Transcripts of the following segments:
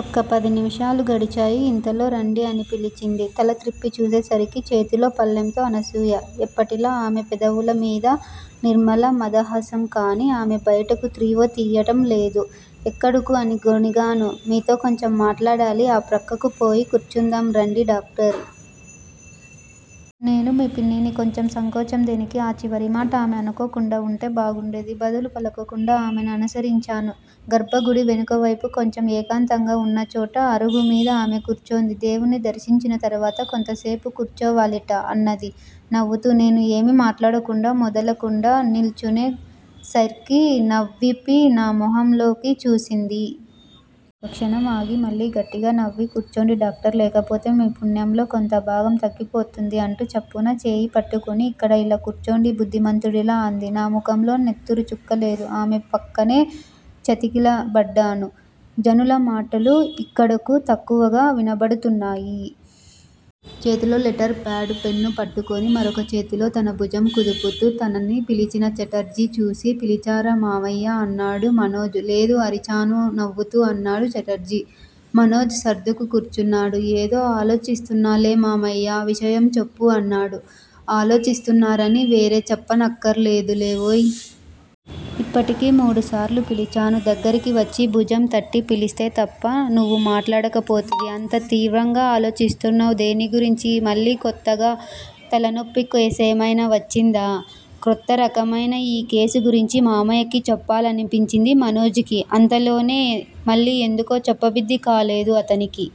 ఒక్క పదినిముషాలు గడిచాయి. ఇంతలో రండి అని పిలిచింది. తల త్రిప్పి చూసే సరికి చేతిలో పళ్ళెంతో అనసూయ, ఎప్పటిలా ఆమె పెదవుల మీద నిర్మల మదహాసం. కాని ఆమె బయటకు త్రోవ తియ్యటం లేదు. ఎక్కడకు? అని గొణిగాను. మీతో కొంచెం మాట్లాడాలి. ఆ ప్రక్కకు పోయి కూర్చుందాం రండి డాక్టర్! నేను మీ పిన్నిని కొంచెం సంకోచం దేనికీ? ఈ చివరిమాట ఆమె అనకుండా వుంటే బాగుండేది. బదులు పలకకుండా ఆమెను అనుసరించాను. గర్భగుడికి వెనుకవైపు కొంచెం ఏకాంతంగా వున్నచోట అరుగుమీద ఆమె కూర్చుంది. దేముడ్ని దర్శించిన తర్వాత కొంతసేపు కూర్చోవాలిట అన్నది నవ్వుతూ. నేను ఏమీ మాట్లాడకుండా మెదలకుండా నిల్చునే సైర్కి నవ్వాపి నా ముఖంలోకి చూసింది. ఒక్కక్షణం ఆగి మళ్ళీ గట్టిగా నవ్వి కూర్చోండి డాక్టర్ లేకపోతే మీ పుణ్యంలో కొంత భాగం తగ్గిపోతుంది అంటూ చప్పున చెయ్యిపట్టుకుని ఇక్కడ ఇలా కూర్చోండి బుద్దిమంతుడిలా అంది. నా ముఖంలో నెత్తురు చుక్కలేదు. ఆమె పక్కనే చతికిలబడ్డాను. జనుల మాటలు యిక్కడకు తక్కువగా వినబడుతున్నాయి. చేతిలో లెటర్ పాడ్, పెన్ను పట్టుకుని, మరొకచేతిలో తన భుజం కుదుపుతూ, తనని పిలిచిన ఛటర్జీ చూసి, పిలిచారా మామయ్యా! అన్నాడు మనోజ్. లేదు! అరిచాను నవ్వుతూ అన్నాడు ఛటర్జీ. మనోజ్ సర్దుకు కూర్చున్నాడు. ఏదో ఆలోచిస్తున్నాలే మామయ్యా! విషయం చెప్పు! అన్నాడు. ఆలోచిస్తున్నారని వేరే చెప్పనక్కర లేదోయ్! ఇప్పటికి మూడుసార్లు పిలిచాను దగ్గరికి వచ్చి భుజం తట్టి పిలిస్తే తప్ప నువ్వు మాట్లాడకపోతివి. అంత తీవ్రంగా ఆలోచిస్తున్నావ్ దేని గురించి? మళ్ళీ కొత్తగా తలనొప్పి కేసేమయినా వచ్చిందా? క్రొత్త రకమయిన ఈ కేసు గురించి మామయ్యకి చెప్పాలనిపించింది మనోజ్ కి. అంతలోనే మళ్ళీ ఎందుకో చెప్పబుద్దికాలేదు అతనికి.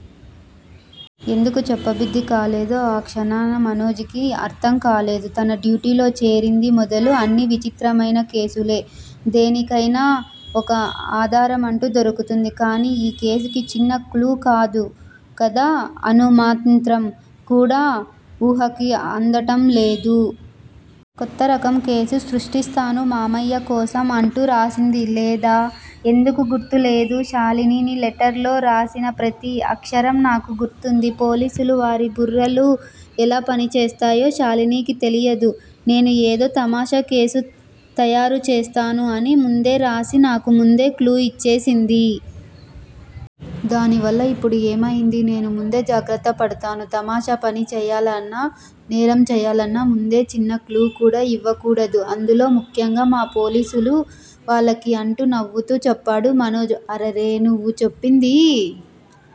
ఎందుకు చెప్పబుద్ది కాలేదో ఆ క్షణాన మనోజ్ కి అర్ధం కాలేదు. తను డ్యూటీలో చేరింది మొదలు అన్నీ విచిత్రమయిన కేసులే. దేనికయినా ఒక ఆధారమంటూ దొరుకుతుంది. కానీ ఈ కేసుకి చిన్న క్లూ కాదు కదా! అణు మాత్రం కూడా వూహకి అందటం లేదు. కొత్త రకం కేసు సృష్టిస్తాను మామయ్య కోసం అంటూ రాసిందా లేదా? ఎందుకు గుర్తు లేదూ! షాలిని లెటర్ లో రాసిన ప్రతి అక్షరం నాకు గుర్తుంది. పోలీసులు వారి బుర్రలు ఎలా పనిచేస్తాయో షాలినీకి తెలియదు. నేను ఏదో తమాషా కేసు తయారు చేస్తాను అని ముందే రాసి నాకు ముందే క్లూ ఇచ్చేసింది. దానివల్ల ఇప్పుడు ఏమయింది? నేను ముందే జాగ్రత్త పడతాను. తమాషా పని చెయ్యాలన్నా, నేరం చెయ్యాలన్నా, ముందే చిన్న క్లూ కూడా ఇవ్వకూడదు. అందులో ముఖ్యంగా మా పోలీసులు వాళ్ళకి అంటూ నవ్వుతూ చెప్పాడు మనోజ్. అరెరె! నువ్వు చెప్పిందీ